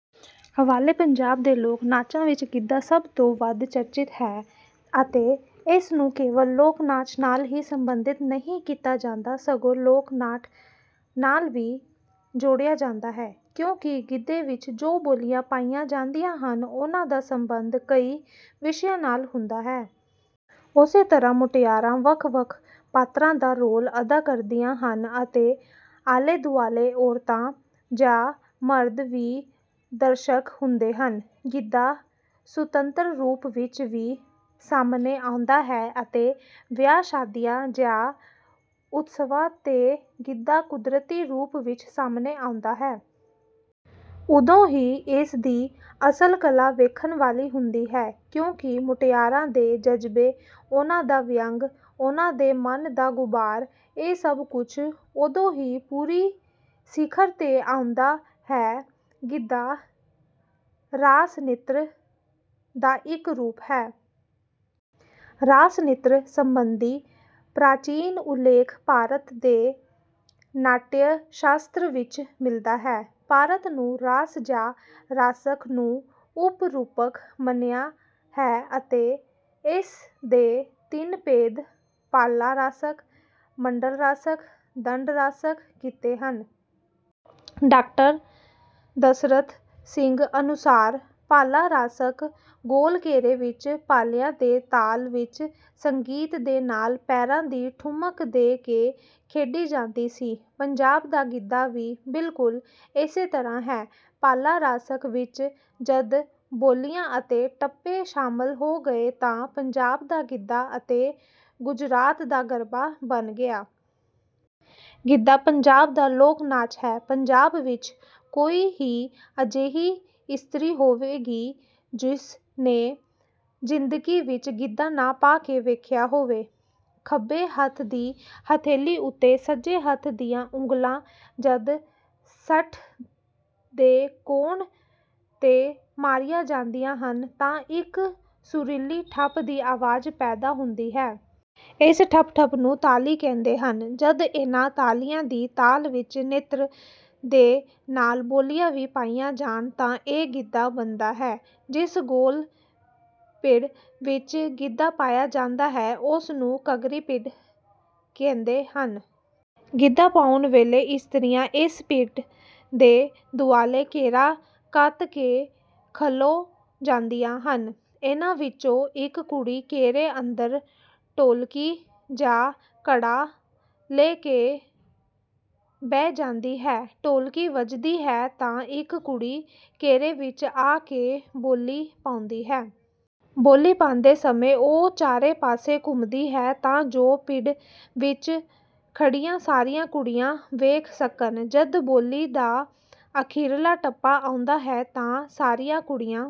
ਹਵਾਲੇ ਪੰਜਾਬ ਦੇ ਲੋਕ-ਨਾਚਾਂ ਵਿੱਚ ਗਿੱਧਾ ਸਭ ਤੋਂ ਵੱਧ ਚਰਚਿਤ ਹੈ ਅਤੇ ਇਸ ਨੂੰ ਕੇਵਲ ਲੋਕ-ਨਾਚ ਨਾਲ ਹੀ ਸਬੰਧਿਤ ਨਹੀਂ ਕੀਤਾ ਜਾਂਦਾ, ਸਗੋਂ ਲੋਕ-ਨਾਟ ਨਾਲ ਵੀ ਜੋੜਿਆ ਜਾਂਦਾ ਹੈ, ਕਿਉਂਕਿ ਗਿੱਧੇ ਵਿੱਚ ਜੋ ਬੋਲੀਆਂ ਪਾਈਆਂ ਜਾਂਦੀਆਂ ਹਨ, ਉਹਨਾਂ ਦਾ ਸੰਬੰਧ ਕਈ ਵਿਸ਼ਿਆਂ ਨਾਲ ਹੁੰਦਾ ਹੈ। ਉਸੇ ਤਰ੍ਹਾਂ ਮੁਟਿਆਰਾਂ ਵੱਖ-ਵੱਖ ਪਾਤਰਾਂ ਦਾ ਰੋਲ ਅਦਾ ਕਰਦੀਆਂ ਹਨ ਅਤੇ ਆਲੇ-ਦੁਆਲੇ ਔਰਤਾਂ ਜਾਂ ਮਰਦ ਵੀ ਦਰਸ਼ਕ ਹੁੰਦੇ ਹਨ। ਗਿੱਧਾ ਸੁਤੰਤਰ ਰੂਪ ਵਿੱਚ ਵੀ ਸਾਹਮਣੇ ਆਉਂਦਾ ਹੈ ਅਤੇ ਵਿਆਹ-ਸ਼ਾਦੀਆਂ ਜਾਂ ਉਤਸਵਾਂ 'ਤੇ ਗਿੱਧਾ ਕੁਦਰਤੀ ਰੂਪ ਵਿੱਚ ਸਾਹਮਣੇ ਆਉਂਦਾ ਹੈ। ਉਦੋਂ ਹੀ ਇਸ ਦੀ ਅਸਲ ਕਲਾ ਵੇਖਣ ਵਾਲੀ ਹੁੰਦੀ ਹੈ, ਕਿਉਂਕਿ ਮੁਟਿਆਰਾਂ ਦੇ ਜਜ਼ਬੇ, ਉਹਨਾਂ ਦਾ ਵਿਅੰਗ, ਉਹਨਾਂ ਦੇ ਮਨ ਦਾ ਗ਼ੁਬਾਰ ਇਹ ਸਭ ਕੁਝ ਉਦੋਂ ਹੀ ਪੂਰੀ ਸਿਖਰ 'ਤੇ ਆਉਂਦਾ ਹੈ। ਗਿੱਧਾ ਰਾਸ-ਨ੍ਰਿਤ ਦਾ ਇੱਕ ਰੂਪ ਹੈ। ਰਾਸ-ਨ੍ਰਿਤ ਸੰਬੰਧੀ ਪ੍ਰਾਚੀਨ ਉੱਲੇਖ ਭਾਰਤ ਦੇ ਨਾਟਯ-ਸ਼ਾਸਤਰ ਵਿੱਚ ਮਿਲਦਾ ਹੈ। ਭਾਰਤ ਨੂੰ ਰਾਸ ਜਾਂ ਰਾਸਕ ਨੂੰ ਉਪ-ਰੂਪਕ ਮੰਨਿਆ ਹੈ ਅਤੇ ਇਸ ਦੇ ਤਿੰਨ ਭੇਦ - ਭਾਲਾ ਰਾਸਕ, ਮੰਡਲ ਰਾਸਕ, ਦੰਡ ਰਾਸਕ ਕੀਤੇ ਹਨ। "ਡਾਕਟਰ ਦਸਰਥ ਸਿੰਘ ਅਨੁਸਾਰ, "ਭਾਲਾ ਰਾਸਕ ਗੋਲ ਘੇਰੇ ਵਿੱਚ ਭਾਲੀਆਂ ਦੇ ਤਾਲ ਵਿੱਚ ਸੰਗੀਤ ਦੇ ਨਾਲ ਪੈਰਾਂ ਦੀ ਠੁਮਕ ਦੇ ਕੇ ਖੇਡੀ ਜਾਂਦੀ ਸੀ। ਪੰਜਾਬ ਦਾ ਗਿੱਧਾ ਵੀ ਬਿਲਕੁਲ ਇਸੇ ਤਰ੍ਹਾਂ ਹੈ, ਭਾਲਾ ਰਾਸਕ ਵਿੱਚ ਜਦ ਬੋਲੀਆਂ ਅਤੇ ਟੱਪੇ ਸ਼ਾਮਲ ਹੋ ਗਏ ਤਾਂ ਪੰਜਾਬ ਦਾ ਗਿੱਧਾ ਅਤੇ ਗੁਜਰਾਤ ਦਾ ਗਰਬਾ ਬਣ ਗਿਆ।" ਗਿੱਧਾ ਪੰਜਾਬ ਦਾ ਲੋਕ-ਨਾਚ ਹੈ। ਪੰਜਾਬ ਵਿੱਚ ਕੋਈ ਹੀ ਅਜਿਹੀ ਇਸਤਰੀ ਹੋਵੇਗੀ ਜਿਸ ਨੇ ਜ਼ਿੰਦਗੀ ਵਿੱਚ ਗਿੱਧਾ ਨਾ ਪਾ ਕੇ ਵੇਖਿਆ ਹੋਵੇ। ਖੱਬੇ ਹੱਥ ਦੀ ਹਥੇਲੀ ਉੱਤੇ ਸੱਜੇ ਹੱਥ ਦੀਆਂ ਉਂਗਲਾਂ ਜਦ ਸੱਠ ਦੇ ਕੋਣ 'ਤੇ ਮਾਰੀਆਂ ਜਾਂਦੀਆਂ ਹਨ ਤਾਂ ਇੱਕ ਸੁਰੀਲੀ ਠੱਪ ਦੀ ਆਵਾਜ਼ ਪੈਦਾ ਹੁੰਦੀ ਹੈ। ਇਸ ਠੱਪ-ਠੱਪ ਨੂੰ ਤਾਲੀ ਕਹਿੰਦੇ ਹਨ। ਜਦ ਇਹਨਾਂ ਤਾਲੀਆਂ ਦੀ ਤਾਲ ਵਿੱਚ ਨ੍ਰਿਤ ਦੇ ਨਾਲ ਬੋਲੀਆਂ ਵੀ ਪਾਈਆਂ ਜਾਣ ਤਾਂ ਇਹ ਗਿੱਧਾ ਬਣਦਾ ਹੈ। ਜਿਸ ਗੋਲ ਪਿੜ ਵਿੱਚ ਗਿੱਧਾ ਪਾਇਆ ਜਾਂਦਾ ਹੈ, ਉਸ ਨੂੰ ਘੱਗਰੀ-ਪਿੜ ਕਹਿੰਦੇ ਹਨ। ਗਿੱਧਾ ਪਾਉਣ ਵੇਲੇ ਇਸਤਰੀਆਂ ਇਸ ਪਿੜ ਦੇ ਦੁਆਲੇ ਘੇਰਾ ਘੱਤ ਕੇ ਖਲੋ ਜਾਂਦੀਆਂ ਹਨ, ਇਹਨਾਂ ਵਿੱਚੋਂ ਇੱਕ ਕੁੜੀ ਘੇਰੇ ਅੰਦਰ ਢੋਲਕੀ ਜਾਂ ਘੜਾ ਲੈ ਕੇ ਬਹਿ ਜਾਂਦੀ ਹੈ। ਢੋਲਕੀ ਵੱਜਦੀ ਹੈ ਤਾਂ ਇੱਕ ਕੁੜੀ ਘੇਰੇ ਵਿੱਚ ਆ ਕੇ ਬੋਲੀ ਪਾਉਂਦੀ ਹੈ। ਬੋਲੀ ਪਾਂਦੇ ਸਮੇਂ ਉਹ ਚਾਰੇ ਪਾਸੇ ਘੁੰਮਦੀ ਹੈ, ਤਾਂ ਜੋ ਪਿੜ ਵਿੱਚ ਖੜ੍ਹੀਆਂ ਸਾਰੀਆਂ ਕੁੜੀਆਂ ਵੇਖ ਸਕਣ। ਜਦ ਬੋਲੀ ਦਾ ਅਖ਼ੀਰਲਾ ਟੱਪਾ ਆਉਂਦਾ ਹੈ ਤਾਂ ਸਾਰੀਆਂ ਕੁੜੀਆਂ